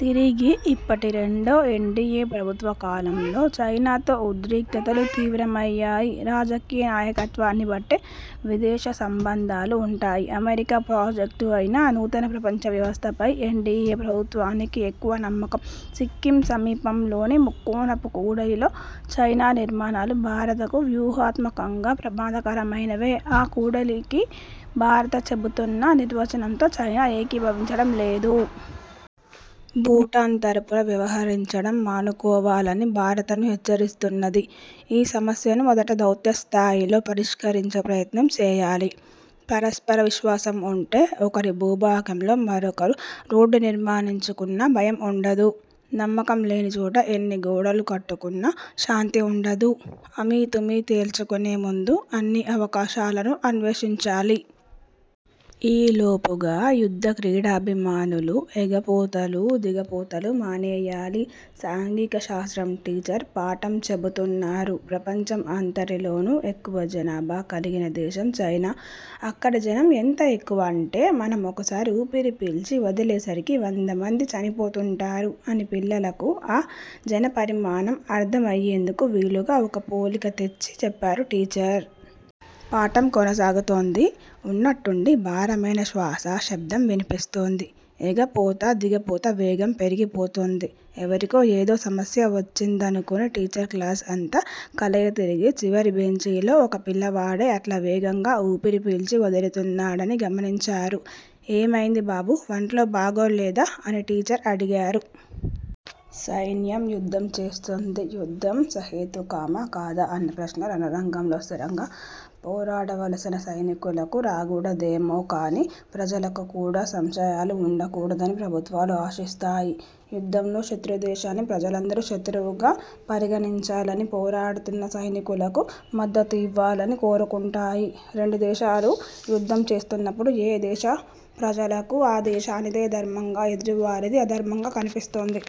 తిరిగి, ఇప్పటి రెండో ఎన్డీఏ ప్రభుత్వకాలంలో చైనాతో ఉద్రిక్తతలు తీవ్రమయ్యాయి. రాజకీయనాయకత్వాన్ని బట్టే విదేశసంబంధాలు ఉంటాయి. అమెరికా ప్రాజెక్టు అయిన నూతన ప్రపంచ వ్యవస్థపై ఎన్డీఏ ప్రభుత్వానికి ఎక్కువ నమ్మకం. సిక్కిం సమీపంలోని ముక్కోణపు కూడలిలో చైనా నిర్మాణాలు భారతకు వ్యూహాత్మకంగా ప్రమాదకరమైనవే. ఆ కూడలికి భారత చెబుతున్న నిర్వచనంతో చైనా ఏకీభవించడంలేదు. భూటాన్ తరఫున వ్యవహరించడం మానుకోవాలని భారతను హెచ్చరిస్తున్నది. ఈ సమస్యను మొదట దౌత్యస్థాయిలో పరిష్కరించే ప్రయత్నం చేయాలి. పరస్పర విశ్వాసం ఉంటే, ఒకరి భూభాగంలో మరొకరు రోడ్డు నిర్మనించ్చుకున్నా భయం ఉండదు. నమ్మకం లేని చోట, ఎన్ని గోడలు కట్టుకున్నా శాంతి ఉండదు. అమీతుమీ తేల్చుకునే ముందు, అన్ని అవకాశాలను అన్వేషించాలి. ఈ లోపుగా, యుద్ధ క్రీడాభిమానులు ఎగపోతలు, దిగపోతలు మానేయాలి. సాంఘిక శాస్త్రం టీచర్ పాఠం చెబుతున్నారు. ప్రపంచం అంతటిలోనూ ఎక్కువ జనాభా కలిగిన దేశం చైనా. అక్కడ జనం ఎంత ఎక్కువ అంటే, మనం ఒకసారి ఊపిరి పీల్చి వదిలేసరికి వంద మంది చనిపోతుంటారు- అని పిల్లలకు ఆ జనపరిమాణం అర్థం అయ్యేందుకు వీలుగా ఒక పోలిక తెచ్చి చెప్పారు టీచర్. పాఠం కొనసాగుతోంది. ఉన్నట్టుండి భారమైన। శ్వాస శబ్దం వినిపిస్తోంది. ఎగపోత దిగపోత వేగం పెరిగిపోతోంది. ఎవరికో ఏదో సమస్య వచ్చిందనుకుని టీచర్ క్లాస్ అంతా కలయతిరిగి, చివరి బెంచిలో ఒక పిల్లవాడే అట్లా వేగంగా ఊపిరి పీల్చి వదులుతున్నాడని గమనించారు. ''ఏమైంది బాబూ, వంట్లో బాగోలేదా''-– అని టీచర్ అడిగారు. సైన్యం యుద్ధం చేస్తుంది. యుద్ధం సహేతుకమా కాదా అన్న ప్రశ్న– రణరంగంలో స్థిరంగా పోరాడవలసిన సైనికులకు రాగూడదేమో కానీ, ప్రజలకు కూడా సంశయాలు ఉండకూడదని ప్రభుత్వాలు ఆశిస్తాయి. యుద్ధంలో శత్రుదేశాన్ని ప్రజలందరూ శత్రువుగా పరిగణించాలని, పోరాడుతున్న సైనికులకు మద్దతుఇవ్వాలని కోరుకుంటాయి. రెండుదేశాలు యుద్ధం చేస్తున్నప్పుడు, ఏ దేశ ప్రజలకు ఆ దేశానిదే ధర్మంగా, ఎదుటివారిది అధర్మంగా కనిపిస్తుంది.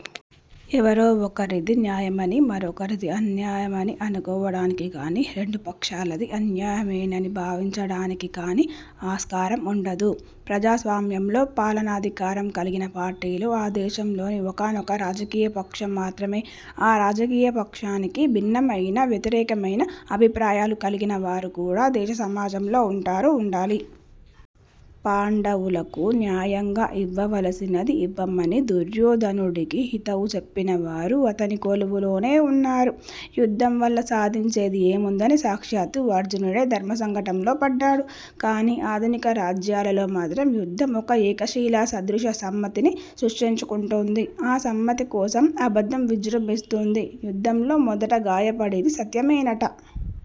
ఎవరో ఒకరిది న్యాయమని, మరొకరిది అన్యాయమని అనుకోవడానికి గాని, రెండు పక్షాలదీ అన్యాయమేనని భావించడానికి కానీ ఆస్కారం ఉండదు. ప్రజాస్వామ్యంలో పాలనాధికారం కలిగిన పార్టీలు, ఆ దేశంలోని ఒకానొక రాజకీయపక్షం మాత్రమే. ఆ రాజకీయపక్షానికి భిన్నమయిన, వ్యతిరేకమయిన అభిప్రాయాలు కలిగినవారు కూడా దేశసమాజంలో ఉంటారు, ఉండాలి. పాండవులకు న్యాయంగా ఇవ్వవలసినది ఇవ్వమని దుర్యోధనుడికి హితవు చెప్పినవారు అతని కొలువులోనే ఉన్నారు. యుద్ధం వల్ల సాధించేది ఏముందని సాక్షాత్తూ అర్జునుడే ధర్మసంకటంలో పడ్డాడు. కానీ, ఆధునిక రాజ్యాలలో మాత్రం యుద్ధం ఒక ఏకశిలాసదృశ సమ్మతిని సృష్టించుకుంటుంది. ఆ సమ్మతికోసం అబద్ధంవిజృంభిస్తుం ది. యుద్ధంలో మొదటగాయపడేది సత్యమేనట.